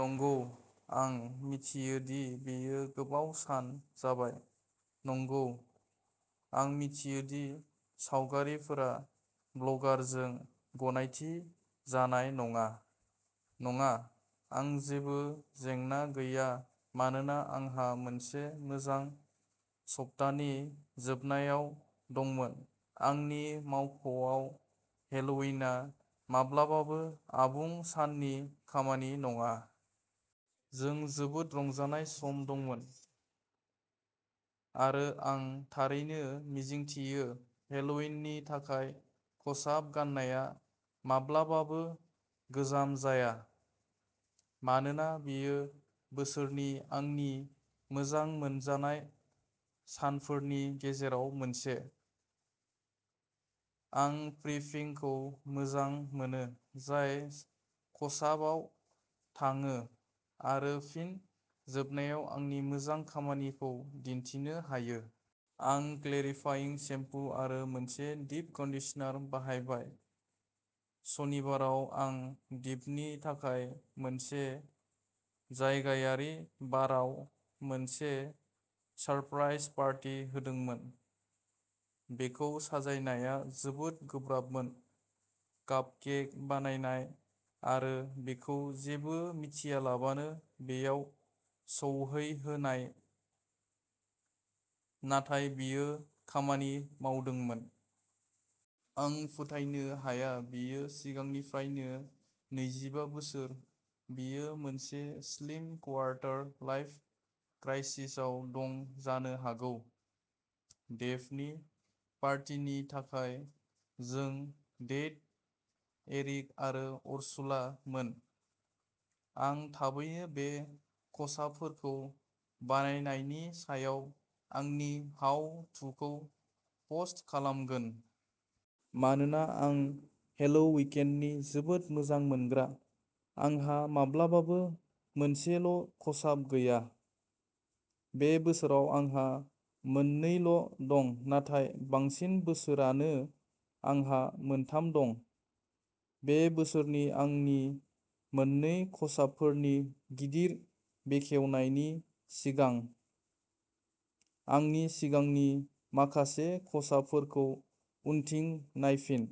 नंगौ, आं मिथियो दि बेयो गोबाव सान जाबाय। नंगौ, आं मिथियो दि सावगारिफोरा ब्लगारजों गनायथि जानाय नङा। नङा, आं जेबो जेंना गैया मानोना आंहा मोनसे मोजां सप्तानि जोबनायाव दंमोन आंनि मावख'आव हेल'विनआ माब्लाबाबो आबुं साननि खामानि नङा। जों जोबोद रंजानाय सम दंमोन, आरो आं थारैनो मिजिंथियो हेल'विननि थाखाय खसाब गान्नाया माब्लाबाबो गोजाम जाया, मानोना बेयो बोसोरनि आंनि मोजां मोनजानाय सानफोरनि गेजेराव मोनसे। आं प्रिपिंखौ मोजां मोनो जाय खसाबआव थाङो, आरो फिन जोबनायाव आंनि मोजां खामानिखौ दिन्थिनो हायो। आं क्लेरिफाइं सेम्पु आरो मोनसे डीप कन्डिशनार बाहायबाय। सनिबाराव, आं डेभनि थाखाय मोनसे जायगायारि बारआव मोनसे सारप्राइज पार्टी होदोंमोन। बेखौ साजायनाया जोबोद गोब्राबमोन, कापकेक बानायनाय, आरो बिखौ जेबो मिथियालाबानो बैयाव सौहैहोनाय, नाथाय बेयो खामानि मावदोंमोन। आं फोथायनो हाया बियो सिगांनिफ्रायनो नैजिबा बोसोर, बियो मोनसे स्लिम क्वार्टार-लाइफ क्राइसिसआव दं जानो हागौ। डेभनि पार्टिनि थाखाय जों डेड एरिक आरो उर्सुला मोन। आं थाबैनो बे खसाबफोरखौ बानायनायनि सायाव आंनि हाउ थुखौ पस्ट खालामगोन। मानोना आं हेल'विकेंडनि जोबोद मोजां मोनग्रा, आंहा माब्लाबाबो मोनसेल' खसाब गैया। बे बोसोराव आंहा मोन नै ल' दं नाथाय बांसिन बोसोरानो आंहा मोनथाम दं। बे बोसोरनि आंनि मोन्नै खसाबफोरनि गिदिर बेखेवनायनि सिगां, आंनि सिगांनि माखासे खसाबफोरखौ उनथिं नायफिन।